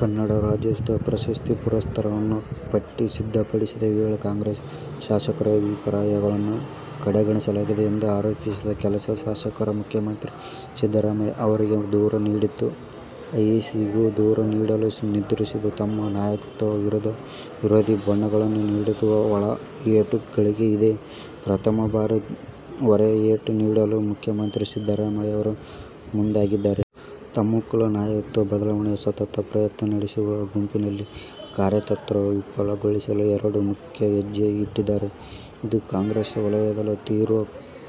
ಕನ್ನಡ ರಾಜ್ಯೋತ್ಸವ ಪ್ರಶಸ್ತಿ ಪುರಸ್ಕೃತರ ಪಟ್ಟಿ ಸಿದ್ಧಪಡಿಸುವ ವೇಳೆ ಕಾಂಗ್ರೆಸ್ ಶಾಸಕರ ಅಭಿಪ್ರಾಯಗಳನ್ನು ಕಡೆಗಣಿಸಲಾಗಿದೆ ಎಂದು ಆರೋಪಿಸಿ ಕೆಲ ಶಾಸಕರು ಮುಖ್ಯಮಂತ್ರಿ ಸಿದ್ದರಾಮಯ್ಯ ಅವರಿಗೆ ದೂರು ನೀಡಿದ್ದು, ಎಐಸಿಸಿಗೂ ದೂರು ನೀಡಲು ನಿರ್ಧರಿಸಿದ್ದಾರೆ. ತಮ್ಮ ನಾಯಕತ್ವದ ವಿರುದ್ಧ ವಿರೋಧಿ ಬಣಗಳು ನೀಡುತ್ತಿದ್ದ "ಒಳ ಏಟು'ಗಳಿಗೆ ಇದೇ ಪ್ರಥಮ ಬಾರಿಗೆ "ಹೊರ ಏಟು' ನೀಡಲು ಮುಖ್ಯಮಂತ್ರಿ ಸಿದ್ದರಾಮಯ್ಯ ಮುಂದಾಗಿದ್ದಾರೆ. ತನ್ಮೂಲಕ ನಾಯಕತ್ವ ಬದಲಾವಣೆಗೆ ಸತತ ಪ್ರಯತ್ನ ನಡೆಸುತ್ತಿರುವ ಗುಂಪಿನ ಕಾರ್ಯತಂತ್ರ ವಿಫಲಗೊಳಿಸಲು ಎರಡು ಪ್ರಮುಖ ಹೆಜ್ಜೆ ಇಟ್ಟಿದ್ದಾರೆ. ಇದು ಕಾಂಗ್ರೆಸ್ ವಲಯದಲ್ಲಿ ತೀವ್ರ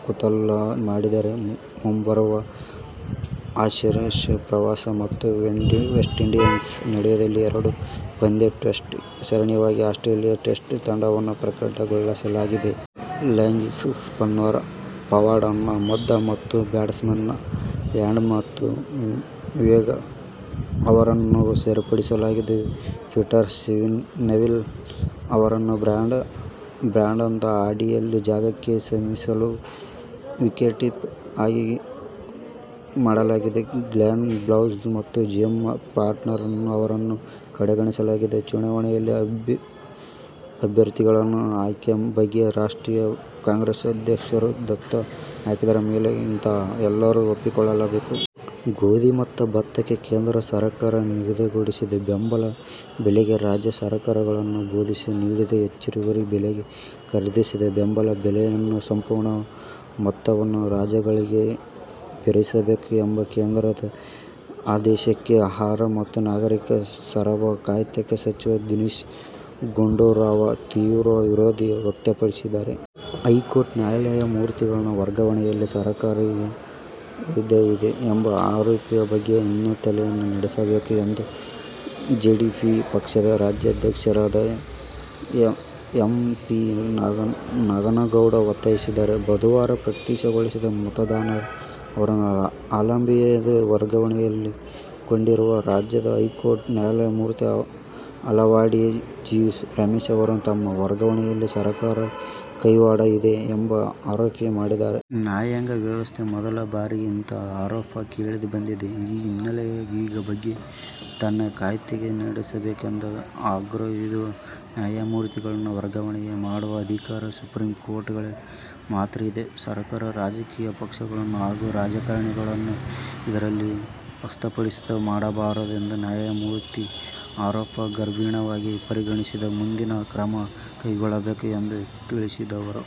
ಕುತೂಹಲ ಮೂಡಿಸಿದೆ. ಮುಂಬರುವ ಆ್ಯಶಸ್ ಪ್ರವಾಸ ಮತ್ತು ವೆಸ್ಟ್ಇಂಡೀಸ್ನಲ್ಲಿ ನಡೆಯಲಿರುವ ಎರಡು ಪಂದ್ಯಗಳ ಟೆಸ್ಟ್ ಸರಣಿಗಾಗಿ ಆಸ್ಟ್ರೇಲಿಯದ ಟೆಸ್ಟ್ ತಂಡವನ್ನು ಪ್ರಕಟಿಸಲಾಗಿದೆ. ಲೆಗ್ಸ್ಪಿನ್ನರ್ ಫವಾದ್ ಅಹ್ಮದ್ ಮತ್ತು ಬ್ಯಾಟ್ಸ್ಮನ್ ಆ್ಯಡಮ್ ವೋಗ್ಸ್ ಅವರನ್ನು ಸೇರ್ಪಡೆಗೊಳಿಸಲಾಗಿದೆ. ಪೀಟರ್ ನೆವಿಲ್ ಅವರನ್ನು ಬ್ರಾಡ್ ಹ್ಯಾಡಿನ್ ಜಾಗಕ್ಕೆ ಮೀಸಲು ವಿಕೆಟ್ಕೀಪರ್ ಆಗಿ ಆಯ್ಕೆ ಮಾಡಲಾಗಿದ್ದರೆ ಗ್ಲೆನ್ ಮ್ಯಾಕ್ಸ್ವೆಲ್, ಜೇಮ್ಸ್ ಫಾಕ್ನರ್ ಅವರನ್ನು ಕಡೆಗಣಿಸಲಾಗಿದೆ. ಚುನಾವಣೆಯಲ್ಲಿ ಅಭ್ಯರ್ಥಿಗಳ ಆಯ್ಕೆ ಬಗ್ಗೆ ರಾಷ್ಟ್ರೀಯ ಕಾಂಗ್ರೆಸ್ ಅಧ್ಯಕ್ಷರು ದಸ್ತಕತ್ ಹಾಕಿದ ಮೇಲೆ ಕೆಳ ಹಂತದ ಎಲ್ಲರೂ ಒಪ್ಪಿಕೊಳ್ಳಲೇಬೇಕು. ಗೋಧಿ ಮತ್ತು ಭತ್ತಕ್ಕೆ ಕೇಂದ್ರ ಸರಕಾರ ನಿಗದಿಪಡಿಸಿದ ಬೆಂಬಲ ಬೆಲೆಗೆ ರಾಜ್ಯ ಸರಕಾರ ಗಳು ಬೋನಸ್ ನೀಡಿ ಹೆಚ್ಚುವರಿ ಬೆಲೆಗೆ ಖರೀದಿಸಿದರೆ ಬೆಂಬಲ ಬೆಲೆಯ ಸಂಪೂರ್ಣ ಮೊತ್ತವನ್ನು ರಾಜ್ಯಗಳೇ ಭರಿಸಬೇಕು ಎಂಬ ಕೇಂದ್ರದ ಆದೇಶಕ್ಕೆ ಆಹಾರ ಮತ್ತು ನಾಗರಿಕ ಸರಬರಾಜು ಖಾತೆ ಸಚಿವ ದಿನೇಶ್ ಗುಂಡೂರಾವ್ ತೀವ್ರ ವಿರೋಧ ವ್ಯಕ್ತಪಡಿಸಿದ್ದಾರೆ. ಹೈಕೋರ್ಟ್ ನ್ಯಾಯಮೂರ್ತಿಗಳ ವರ್ಗಾವಣೆಯಲ್ಲಿ ಸರ್ಕಾರದ ಕೈವಾಡವಿದೆ ಎಂಬ ಆರೋಪದ ಬಗ್ಗೆ ತನಿಖೆ ನಡೆಸಬೇಕು ಎಂದು ಜೆಡಿಯು ಪಕ್ಷದ ರಾಜ್ಯಾಧ್ಯಕ್ಷ ಡಾ. ಎಂ. ಪಿ. ನಾಡಗೌಡ ಒತ್ತಾಯಿಸಿದ್ದಾರೆ. ಬುಧವಾರ ಪತ್ರಿಕಾಗೋಷ್ಠಿಯಲ್ಲಿ ಮಾತನಾಡಿದ ಅವರು, ಅಲಹಾಬಾದ್ಗೆ ವರ್ಗಾವಣೆಗೊಂಡಿರುವ ರಾಜ್ಯ ಹೈಕೋರ್ಟ್ ನ್ಯಾಯಮೂರ್ತಿ ಹುಲುವಾಡಿ ಜಿ. ರಮೇಶ್ ಅವರು ತಮ್ಮ ವರ್ಗಾವಣೆಯಲ್ಲಿ ಸರ್ಕಾರದ ಕೈವಾಡ ಇದೆ ಎಂಬ ಆರೋಪ ಮಾಡಿದ್ದಾರೆ. ನ್ಯಾಯಾಂಗ ವ್ಯವಸ್ಥೆಯಲ್ಲಿ ಮೊದಲ ಬಾರಿಗೆ ಇಂತಹ ಆರೋಪ ಕೇಳಿ ಬಂದಿದೆ. ಈ ಹಿನ್ನೆಲೆಯಲ್ಲಿ ಈ ಬಗ್ಗೆ ತನಿಖೆ ನಡೆಸಬೇಕು ಎಂದು ಆಗ್ರಹಿಸಿದರು. ನ್ಯಾಯಮೂರ್ತಿಗಳನ್ನು ವರ್ಗಾವಣೆ ಮಾಡುವ ಅಧಿಕಾರ ಸುಪ್ರೀಂಕೋರ್ಟ್ಗೆ ಮಾತ್ರ ಇದೆ. ಸರ್ಕಾರ, ರಾಜಕೀಯ ಪಕ್ಷಗಳು ಹಾಗೂ ರಾಜಕಾರಣಿಗಳು ಇದರಲ್ಲಿ ಹಸ್ತಕ್ಷೇಪ ಮಾಡಬಾರದು. ನ್ಯಾಯಮೂರ್ತಿಗಳ ಆರೋಪ ಗಂಭೀರವಾಗಿ ಪರಿಗಣಿಸಿ ಮುಂದಿನ ಕ್ರಮ ಕೈಗೊಳ್ಳಬೇಕು ಎಂದು ತಿಳಿಸಿದರು.